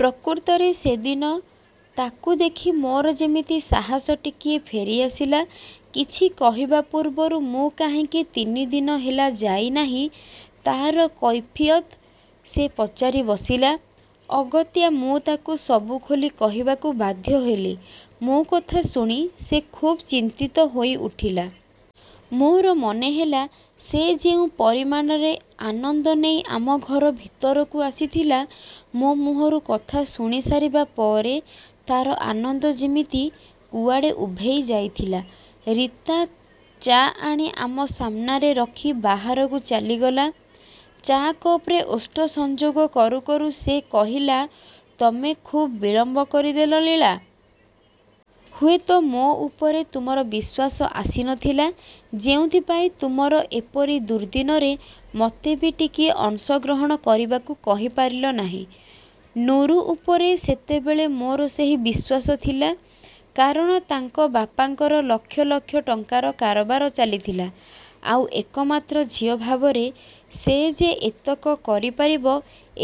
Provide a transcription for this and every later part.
ପ୍ରକୃତରେ ସେଦିନ ତାକୁ ଦେଖି ମୋର ଯେମିତି ସାହସ ଟିକିଏ ଫେରିଆସିଲା। କିଛି କହିବା ପୂର୍ବରୁ ମୁଁ କାହିଁକି ତିନି ଦିନ ହେଲା ଯାଇନାହିଁ, ତାର କୈଫିୟତ ସେ ପଚାରି ବସିଲା। ଅଗତ୍ୟା ମୁଁ ତାକୁ ସବୁ ଖୋଲି କହିବାକୁ ବାଧ୍ୟ ହେଲି। ମୋ କଥା ଶୁଣି ସେ ଖୁବ୍ ଚିନ୍ତିତ ହୋଇଉଠିଲା। ମୋର ମନେହେଲା, ସେ ଯେଉଁ ପରିମାଣରେ ଆନନ୍ଦ ନେଇ ଆମ ଘର ଭିତରକୁ ଆସିଥିଲା, ମୋ ମୁହଁରୁ କଥା ଶୁଣିସାରିବା ପରେ ତାର ଆନନ୍ଦ ଯେମିତି କୁଆଡ଼େ ଉଭେଇ ଯାଇଥିଲା। ରୀତା ଚା' ଆଣି ଆମ ସାମନାରେ ରଖି ବାହାରକୁ ଚାଲିଗଲା। ଚା' କପରେ ଓଷ୍ଠ ସଂଯୋଗ କରୁ କରୁ ସେ କହିଲା, ତମେ ଖୁବ୍ ବିଳମ୍ବ କରିଦେଲ, ଲୀଳା। ହୁଏତ ମୋ ଉପରେ ତୁମର ବିଶ୍ୱାସ ଆସିନଥିଲା। ଯେଉଁଥିପାଇଁ ତୁମର ଏପରି ଦୁର୍ଦ୍ଦିନରେ ମୋତେ ବି ଟିକିଏ ଅଂଶଗ୍ରହଣ କରିବାକୁ କହିପାରିଲ ନାହିଁ। ନୁରୁ ଉପରେ ସେତେବେଳେ ମୋର ସେହି ବିଶ୍ୱାସ ଥିଲା। କାରଣ ତାଙ୍କ ବାପାଙ୍କର ଲକ୍ଷ ଲକ୍ଷ ଟଙ୍କାର କାରବାର ଚାଲିଥିଲା, ଆଉ ଏକମାତ୍ର ଝିଅ ଭାବରେ ସେ ଯେ ଏତକ କରିପାରିବ,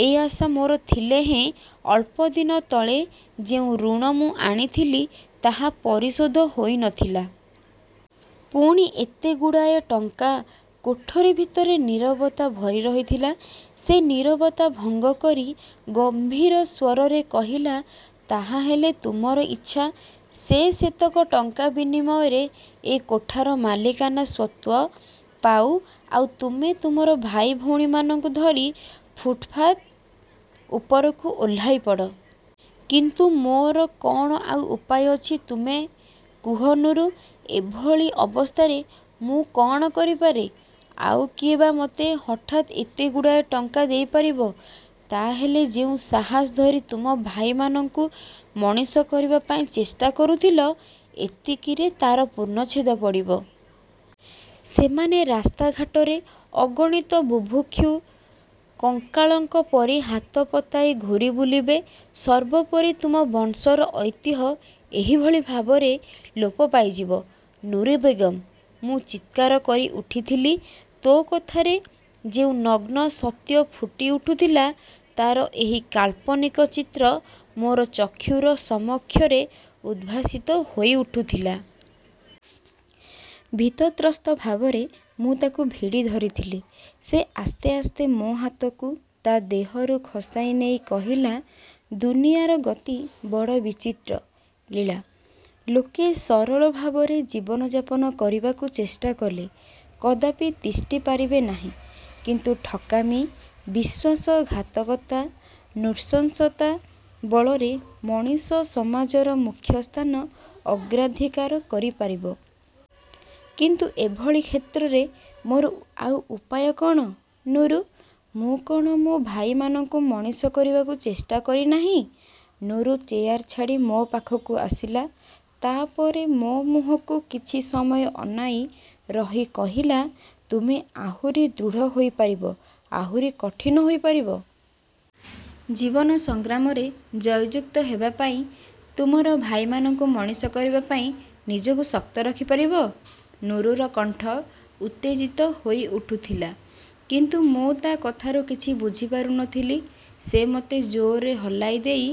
ଏ ଆଶା ମୋର ଥିଲେ ହେଁ ଅଳ୍ପଦିନ ତଳେ ଯେଉଁ ଋଣ ମୁଁ ଆଣିଥିଲି, ତାହା ପରିଶୋଧ ହୋଇନଥିଲା। ପୁଣି ଏତେଗୁଡ଼ାଏ ଟଙ୍କା... କୋଠରି ଭିତରେ ନୀରବତା ଭରି ରହିଥିଲା। ସେ ନୀରବତା ଭଙ୍ଗ କରି ଗମ୍ଭୀର ସ୍ୱରରେ କହିଲା, ତା ହେଲେ ତୁମର ଇଚ୍ଛା, ସେ ସେତକ ଟଙ୍କା ବିନିମୟରେ ଏ କୋଠାର ମାଲିକାନା ସ୍ୱତ୍ୱ ପାଉ, ଆଉ ତୁମେ ତୁମର ଭାଇ ଭଉଣୀମାନଙ୍କୁ ଧରି ଫୁଟପାଥ୍ ଉପରକୁ ଓହ୍ଲାଇପଡ଼? କିନ୍ତୁ ମୋର କଣ ଆଉ ଉପାୟ ଅଛି ତୁମେ କୁହ ନୁରୁ! ଏଭଳି ଅବସ୍ଥାରେ ମୁଁ କଣ କରିପାରେ? ଆଉ କିଏ ବା ମୋତେ ହଠାତ୍ ଏତେଗୁଡ଼ାଏ ଟଙ୍କା ଦେଇପାରିବ? ତା ହେଲେ ଯେଉଁ ସାହସ ଧରି ତୁମ ଭାଇମାନଙ୍କୁ ମଣିଷ କରିବା ପାଇଁ ଚେଷ୍ଟା କରୁଥିଲ, ଏତିକିରେ ତାର ପୂର୍ଣ୍ଣଚ୍ଛେଦ ପଡ଼ିବ? ସେମାନେ ରାସ୍ତା ଘାଟରେ, ଅଗଣିତ ବୁଭୁକ୍ଷୁ କଙ୍ଗାଳଙ୍କ ପରି ହାତ ପତାଇ ଘୂରି ବୁଲିବେ ସର୍ବୋପରି ତୁମ ବଂଶର ଐତିହ୍ୟ ଏହିଭଳି ଭାବରେ ଲୋପ ପାଇଯିବ? ନୁରୁ ବେଗମ୍! ମୁଁ ଚିତ୍କାର କରିଉଠିଥିଲି। ତା କଥାରେ ଯେଉଁ ନଗ୍ନସତ୍ୟ ଫୁଟିଉଠୁଥିଲା, ତାର ଏହି କାଳ୍ପନିକ ଚିତ୍ର ମୋର ଚକ୍ଷୁର ସମକ୍ଷରେ ଉଦ୍ଭାସିତ ହୋଇଉଠୁଥିଲା। ଭୀତତ୍ରସ୍ତ ଭାବରେ ମୁଁ ତାକୁ ଭିଡ଼ିଧରିଥିଲି। ସେ ଆସ୍ତେ ଆସ୍ତେ ମୋ ହାତକୁ ତା ଦେହରୁ ଖସାଇ ନେଇ କହିଲା, ଦୁନିଆର ଗତି ବଡ଼ ବିଚିତ୍ର, ଲୀଳା। ଲୋକେ ସରଳ ଭାବରେ ଜୀବନ ଯାପନ କରିବାକୁ ଚେଷ୍ଟା କଲେ, କଦାପି ତିଷ୍ଠି ପାରିବେ ନାହିଁ। କିନ୍ତୁ ଠକାମୀ, ବିଶ୍ୱାସଘାତକତା, ନୃଶଂସତା ବଳରେ ମଣିଷ ସମାଜର ମୁଖ୍ୟସ୍ଥାନ ଅଗ୍ରାଧିକାର କରିପାରିବ। କିନ୍ତୁ ଏଭଳି କ୍ଷେତ୍ରରେ ମୋର ଆଉ ଉପାୟ କଣ, ନୁରୁ? ମୁଁ କଣ ମୋ ଭାଇମାନଙ୍କୁ ମଣିଷ କରିବାକୁ ଚେଷ୍ଟା କରିନାହିଁ? ନୁରୁ ଚେୟାର ଛାଡ଼ି ମୋ ପାଖକୁ ଆସିଲା। ତା ପରେ ମୋ ମୁହଁକୁ କିଛି ସମୟ ଅନାଇ ରହି କହିଲା, ତୁମେ ଆହୁରି ଦୃଢ଼ ହୋଇପାରିବ, ଆହୁରି କଠିନ ହୋଇପାରିବ? ଜୀବନ ସଂଗ୍ରାମରେ ଜୟଯୁକ୍ତ ହେବା ପାଇଁ, ତୁମର ଭାଇମାନଙ୍କୁ ମଣିଷ କରିବା ପାଇଁ ନିଜକୁ ଶକ୍ତ ରଖିପାରିବ? ନୁରୁର କଣ୍ଠ ଉତ୍ତେଜିତ ହୋଇଉଠୁଥିଲା। କିନ୍ତୁ ମୁଁ ତା କଥାରୁ କିଛି ବୁଝିପାରୁନଥିଲି। ସେ ମୋତେ ଜୋରରେ ହଲାଇ ଦେଇ